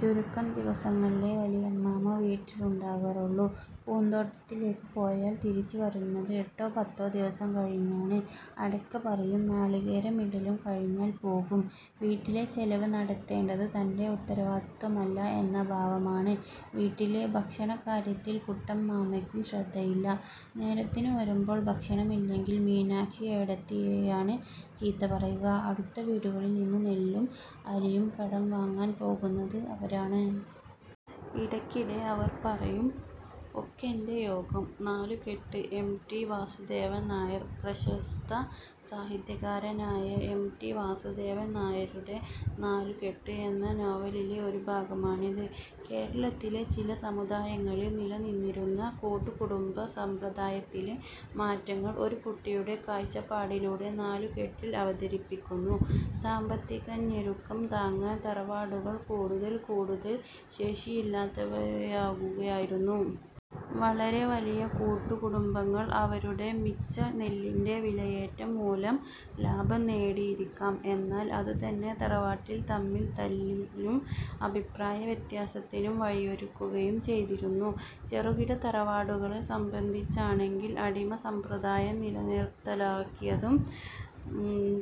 ചുരുക്കം ദിവസങ്ങളിലേ വലിയമ്മാമ വീട്ടിലുണ്ടാകാറുള്ളൂ. പൂന്തോട്ടത്തിലേക്ക് പോയാൽ തിരിച്ചുവരുന്നത് എട്ടോ പത്തോ ദിവസം കഴിഞ്ഞാണ്. അടയ്ക്കപറിയും നാളികേരമിടലും കഴിഞ്ഞാൽ പോകും. വീട്ടിലെ ചെലവ് നടത്തേണ്ടതു തന്റെ ഉത്തരവാദിത്വമല്ല എന്ന ഭാവമാണ്. വീട്ടിലെ ഭക്ഷണക്കാര്യത്തിൽ കുട്ടമ്മാമയ്ക്കും ശ്രദ്ധയില്ല. നേരത്തിനു വരുമ്പോൾ ഭക്ഷണമില്ലെങ്കിൽ മീനാക്ഷിയേടത്തിയെയാണ് ചീത്ത പറയുക. അടുത്ത വീടുകളിൽ നിന്നു നെല്ലും അരിയും കടം വാങ്ങാൻ പോകുന്നത് അവരാണ്. ഇടയ്ക്കിടെ അവർ പറയും; ഒക്കെന്റെ യോഗം. നാലുകെട്ട് എം. ടി. വാസുദേവൻനായർ പ്രശസ്ത സാഹിത്യകാരനായ എം. ടി. വാസുദേവൻ നായരുടെ നാലുകെട്ട് എന്ന നോവലിലെ ഒരു ഭാഗമാണിത്. കേരളത്തിലെ ചില സമുദായങ്ങളിൽ നിലനിന്നിരുന്ന കൂട്ടുകുടുംബ സമ്പ്രദായത്തിലെ മാറ്റങ്ങൾ ഒരു കുട്ടിയുടെ കാഴ്ചപ്പാടിലൂടെ നാലുകെട്ടി'ൽ അവതരിപ്പിക്കുന്നു. സാമ്പത്തികഞെരുക്കം താങ്ങാൻ തറവാടുകൾ കൂടുതൽ കൂടുതൽ ശേഷിയില്ലാത്തവയാകുകയായിരുന്നു. വളരെ വലിയ കൂട്ടുകു ടുംബങ്ങൾ അവരുടെ മിച്ച നെല്ലിന്റെ വിലയേറ്റം മൂലം ലാഭം നേടിയിരിക്കാം. എന്നാൽ അതുതന്നെ തറവാട്ടിൽ തമ്മിൽ തല്ലിനും അഭിപ്രായവ്യത്യാസത്തിനും വഴിയൊരുക്കുകയും ചെയ്തിരുന്നു. ചെറുകിട തറവാടുകളെ സംബന്ധിച്ചാണെങ്കിൽ അടിമസമ്പ്രദായം നിർത്തലാക്കിയതും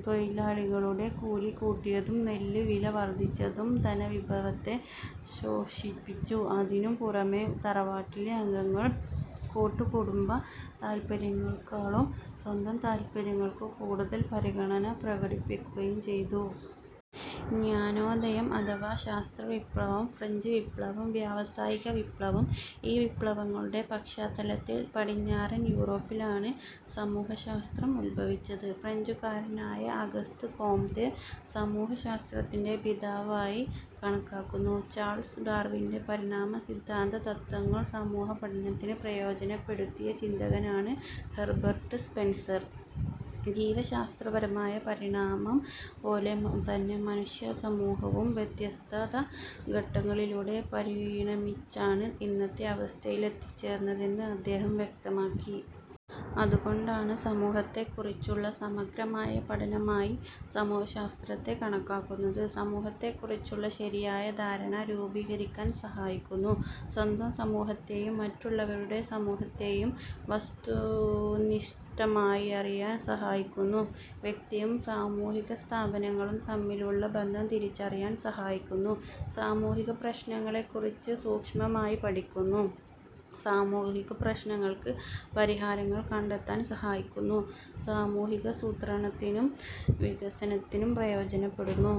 തൊഴിലാളികളുടെ കൂലി കൂട്ടിയതും നെല്ല് വില വർധിച്ചതും ധനവിഭവത്തെ ശോഷിപ്പിച്ചു. അതിനും പുറമെ, തറവാട്ടിലെ അംഗങ്ങൾ കൂട്ടുകുടുംബ താൽപ്പര്യങ്ങളെക്കാളും സ്വന്തം താൽപ്പര്യങ്ങൾക്കു കൂടുതൽ പരിഗണന പ്രകടിപ്പിക്കുകയും ചെയ്തു. ജ്ഞാനോദയം അഥവാ ശാസ്ത്രവിപ്ലവം. ഫ്രഞ്ച് വിപ്ലവം. വ്യാവസായികവിപ്ലവം ഈ വിപ്ലവങ്ങളുടെ പശ്ചാത്തലത്തിൽ പടിഞ്ഞാറൻ യൂറോപ്പിലാണ് സമൂഹശാസ്ത്രം ഉത്ഭവിച്ചത്. ഫ്രഞ്ചുകാരനായ അഗസ്ത് കോംതെ സമൂഹശാസ്ത്രത്തിന്റെ പിതാവായി കണക്കാക്കുന്നു. ചാൾസ് ഡാർവിന്റെ പരിണാമസിദ്ധാന്തതത്ത്വങ്ങൾ സമൂഹപഠനത്തിന് പ്രയോജനപ്പെടുത്തിയ ചിന്തകനാണ് ഹെർബർട്ട് സ്പെൻസർ. ജീവശാസ്ത്രപരമായ പരിണാമം പോലെ തന്നെ മനുഷ്യസമൂഹവും വ്യത്യസ്ത ഘട്ടങ്ങളിലൂടെ പരിണമിച്ചാണ് ഇന്നത്തെ അവസ്ഥയിലെത്തിച്ചേർന്നതെന്ന് അദ്ദേഹം വ്യക്തമാക്കി. അതുകൊണ്ടാണ് സമൂഹത്തെക്കുറിച്ചുള്ള സമഗ്രമായ പഠനമായി സമൂഹശാസ്ത്രത്തെ കണക്കാക്കുന്നത്. സമൂഹത്തെക്കുറിച്ചുള്ള ശരിയായ ധാരണ രൂപീകരിക്കാൻ സഹായിക്കുന്നു. സ്വന്തം സമൂഹത്തെയും മറ്റുള്ളവരുടെ സമൂഹത്തെയും വസ്തുനിഷ്ഠമായറിയാൻ സഹായിക്കുന്നു. വ്യക്തിയും സാമൂഹികസ്ഥാപനങ്ങളും തമ്മിലുള്ള ബന്ധം തിരിച്ചറിയാൻ സഹായിക്കുന്നു. സാമൂഹികപ്രശ്നങ്ങളെക്കുറിച്ച് സൂക്ഷ്മമായി പഠിക്കുന്നു. സാമൂഹികപ്രശ്നങ്ങൾക്ക് പരിഹാരങ്ങൾ കണ്ടെത്താൻ സഹായിക്കുന്നു. സാമൂഹികാസൂത്രണത്തിനും വികസനത്തിനും പ്രയോജനപ്പെടുന്നു.